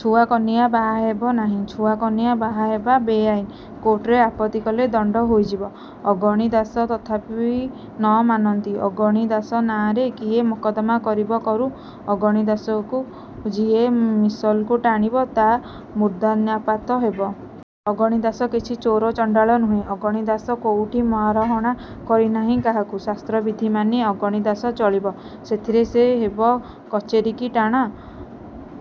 ଛୁଆ କନିଆ ବାହା ହେବ ନାହିଁ। ଛୁଆ କନିଆ ବାହା ହେବା ବେଆଇନ। କୋର୍ଟରେ ଆପତ୍ତି କଲେ ଦଣ୍ଡ ହୋଇଯିବ। ଅଗଣି ଦାଶ ତଥାପି ନ ମାନନ୍ତି। ଅଗଣି ଦାଶ ନାଆଁରେ କିଏ ମକଦ୍ଦମା କରିବ କରୁ। ଅଗଣି ଦାଶକୁ ଯିଏ ମିସଲକୁ ଟାଣିବ ତା' ମୂର୍ଦ୍ଧନ୍ୟାପାତ ହେବ। ଅଗଣି ଦାଶ କିଛି ଚୋର ଚଣ୍ଡାଳ ନୁହେଁ। ଅଗଣି ଦାଶ କୋଉଠି ମାରହାଣ କରିନାହିଁ କାହାକୁ। ଶାସ୍ତ୍ର ବିଧି ମାନି ଅଗଣି ଦାଶ ଚଳିବ, ସେଥିରେ ସେ ହେବ କଚେରିକି ଟଣା?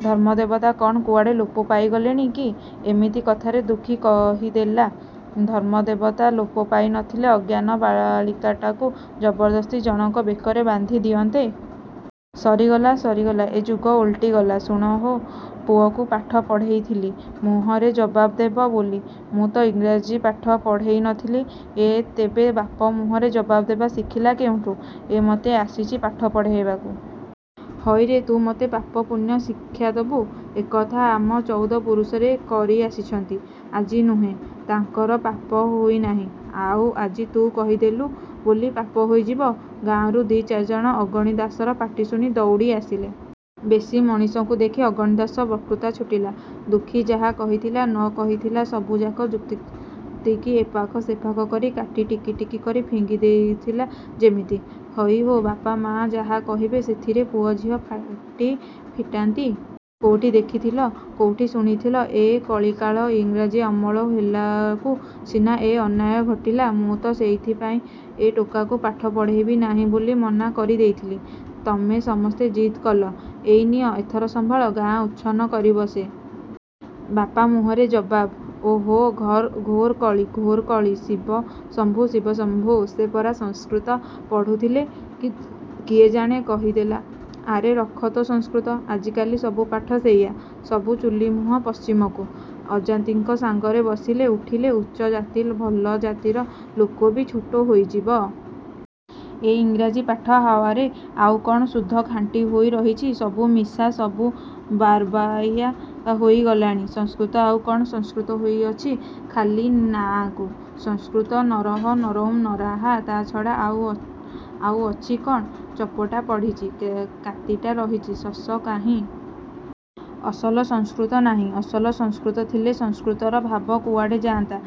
ଧର୍ମଦେବତା କ'ଣ କୁଆଡ଼େ ଲୋପ ପାଇଗଲେଣି କି?ଏମିତି କଥାରେ ଦୁଃଖୀ କହିଦେଲା "ଧର୍ମଦେବତା ଲୋପ ପାଇ ନଥିଲେ ଅଜ୍ଞାନ ବାଳିକାଟାକୁ ଜବରଦସ୍ତି ଜଣକ ବେକରେ ବାନ୍ଧି ଦିଅନ୍ତେ। ସରିଗଲା, ସରିଗଲା, ଏ ଯୁଗ ଓଲଟିଗଲା। ଶୁଣ ହୋ, ପୁଅକୁ ପାଠ ପଢ଼େଇଥିଲି, ମୁହଁରେ ଜବାବ ଦେବ ବୋଲି। ମୁଁ ତ ଇଂରାଜୀ ପାଠ ପଢ଼େଇ ନଥିଲି, ଏ ତେବେ ବାପ ମୁହଁରେ ଜବାବ ଦେବା ଶିଖିଲା କେଉଁଠୁ? ଏ ମୋତେ ଆସିଛି ପାଠ ପଢ଼େଇବାକୁ। ହଇରେ, ତୁ ମୋତେ ପାପ ପୁଣ୍ୟ ଶିକ୍ଷା ଦେବୁ? ଏକଥା ଆମ ଚଉଦ ପୁରୁଷରେ କରି ଆସିଛନ୍ତି, ଆଜି ନୁହେଁ। ତାଙ୍କର ପାପ ହୋଇନାହିଁ, ଆଉ ଆଜି ତୁ କହିଦେଲୁ ବୋଲି ପାପ ହୋଇଯିବ। ଗାଁରୁ ଦି' ଚାରିଜଣ ଅଗଣି ଦାଶର ପାଟି ଶୁଣି ଦଉଡ଼ି ଆସିଲେ। ବେଶି ମଣିଷଙ୍କୁ ଦେଖି ଅଗଣି ଦାଶର ବକ୍ତୃତା ଛୁଟିଲା। ଦୁଃଖୀ ଯାହା କହିଥିଲା, ନ କହିଥିଲା ସବୁଯାକ ଯୁକ୍ତିକି ଏପାଖ ସେପାଖ କରି କାଟି ଟିକିଟିକି କରି ଫିଙ୍ଗି ଦେଉଥିଲା ଯେମିତି" ହଇ ହୋ, ବାପ ମା' ଯାହା କହିବେ, ସେଥିରେ ପୁଅ ଝିଅ ପାଟି ଫିଟାନ୍ତି? କୋଉଠି ଦେଖିଥିଲ? କୋଉଠି ଶୁଣିଥିଲ? ଏ କଳିକାଳ ଇଂରାଜୀ ଅମଳ ହେଲାକୁ ସିନା ଏ ଅନ୍ୟାୟ ଘୋଟିଲା। ମୁଁ ତ ସେଇଥିପାଇଁ ଏ ଟୋକାକୁ ପାଠ ପଢ଼େଇବି ନାହିଁ ବୋଲି ମନା କରିଦେଇଥିଲି। ତମେ ସମସ୍ତେ ଜିଦ୍ କଲ, ଏଇ ନିଅ, ଏଥର ସମ୍ଭାଳ। ଗାଁ ଉଚ୍ଛନ୍ନ କରିବ ସେ। ବାପ ମୁହଁରେ ଜବାବ। ଓହୋ, ଘର୍ ଘୋର କଳି, ଘୋର କଳି, ଶିବ ଶମ୍ଭୋ, ଶିବ ଶମ୍ଭୋ।"ସେ ପରା ସଂସ୍କୃତ ପଢ଼ୁଥିଲେ!" କିଏ ଜଣେ କହିଦେଲା। ଆରେ ରଖ ତୋ ସଂସ୍କୃତ। ଆଜିକାଲି ସବୁ ପାଠ ସେଇୟା, ସବୁ ଚୁଲି ମୁହଁ ପଶ୍ଚିମକୁ, ଅଜାତିଙ୍କ ସାଙ୍ଗରେ ବସିଲେ ଉଠିଲେ ଉଚ୍ଚ ଜାତି ଭଲ ଜାତିର ଲୋକବି ଛୋଟ ହୋଇଯିବ। ଏ ଇଂରାଜୀ ପାଠ ହାୱାରେ ଆଉ କ'ଣ ଶୁଦ୍ଧ ଖାଣ୍ଟି ହୋଇ ରହିଛି? ସବୁ ମିଶା, ସବୁ ବାରବାଇଆ ହୋଇଗଲାଣି। ସଂସ୍କୃତ ଆଉ କ'ଣ ସଂସ୍କୃତ ହୋଇଅଛି? ଖାଲି ନାଆଁକୁ? ସଂସ୍କୃତ, ନରଃ ନରୌ ନରାଃ, ତା' ଛଡ଼ା ଆଉ ଅଛି କ'ଣ? ଚୋପାଟା ପଡ଼ିଛି, କାତିଟା ରହିଛି, ଶଶ କାହିଁ? ଅସଲ ସଂସ୍କୃତ ନାହିଁ, ଅସଲ ସଂସ୍କୃତ ଥିଲେ ସଂସ୍କୃତର ଭାବ କୁଆଡ଼େ ଯାଆନ୍ତା।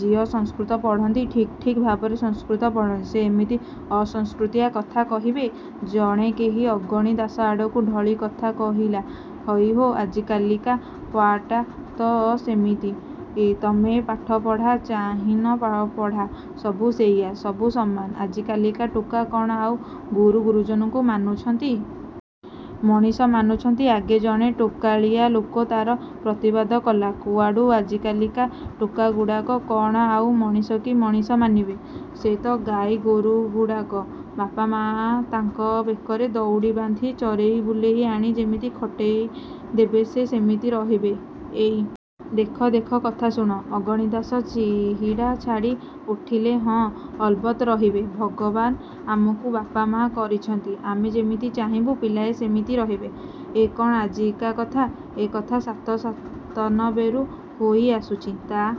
ଯିଏ ସଂସ୍କୃତ ପଢ଼ନ୍ତି, ଠିକ୍ ଠିକ୍ ଭାବରେ ସଂସ୍କୃତ ପଢ଼ନ୍ତି ସେ ଏମିତି ଅସଂସ୍କୃତିଆ କଥା କହିବେ!"ଜଣେ କେହି ଅଗଣି ଦାଶ ଆଡ଼କୁ ଢଳି କଥା କହିଲା "ହଇ ହୋ, ଆଜିକାଲିକା ହାୱାଟା ତ ସେମିତି, ତେମେ ପାଠ ପଢ଼ା, ଚାହିଁନ ପଢ଼ା, ସବୁ ସେଇୟା, ସବୁ ସମାନ, ଆଜିକାଲିକା ଟୋକା କ'ଣ ଆଉ ଗୁରୁ ଗୁରୁଜନଙ୍କୁ ମାନୁଛନ୍ତି? ମଣିଷ ମାନୁଛନ୍ତି ଆଗ ଜଣେ ଟୋକାଳିଆ ଲୋକ ତା'ର ପ୍ରତିବାଦ କଲା "କୁଆଡ଼ୁ, ଆଜିକାଲିକା ଟୋକାଗୁଡ଼ାକ କ'ଣ ଆଉ ମଣିଷ କି ମଣିଷ ମାନିବେ। ସେ ତ ଗାଈ ଗୋରୁଗୁଡ଼ାକ। ବାପ ମା' ତାଙ୍କ ବେକରେ ଦଉଡ଼ି ବାନ୍ଧି ଚରେଇ ବୁଲେଇ ଆଣି ଯେମିତି ଖଟେଇ ଦେବେ ସେ ସେମିତି ରହିବେ। ଏଇ ଦେଖ ଦେଖ, କଥା ଶୁଣ। ଅଗଣି ଦାଶ ଚିହିଡ଼ା ଛାଡ଼ି ଉଠିଲେ ହଁ, ଅଲବତ୍ ରହିବେ। ଭଗବାନ୍ ଆମକୁ ବାପ ମା' କରିଛନ୍ତି, ଆମେ ଯେମିତି ଚାହିଁବୁ ପିଲାଏ ସେମିତି ରହିବେ। ଏ କ'ଣ ଆଜିକା କଥା? ଏ କଥା ସାତ ସତାନବେରୁ ହୋଇ ଆସୁଛି। ତା'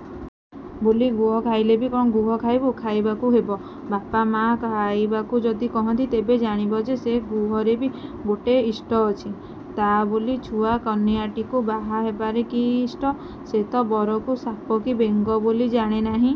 ବୋଲି ଘୁଅ ଖୋଇଲେବି ଗୁହ ଖାଇବୁ? ଖାଇବାକୁ ହେବ। ବାପ ମା' ଖାଇବାକୁ ଯଦି କହନ୍ତି, ତେବେ ଜାଣିବ ଯେ ସେ ଗୁହରେବି ଗୋଟେ ଇଷ୍ଟ ଅଛି।"ତା' ବୋଲି ଛୁଆ କନିଆଟାକୁ ବାହା ହେବାରେ କି ଇଷ୍ଟ, ସେ ତ ବରକୁ ସାପ କି ବେଙ୍ଗ ବୋଲି ଜାଣେ ନାହିଁ।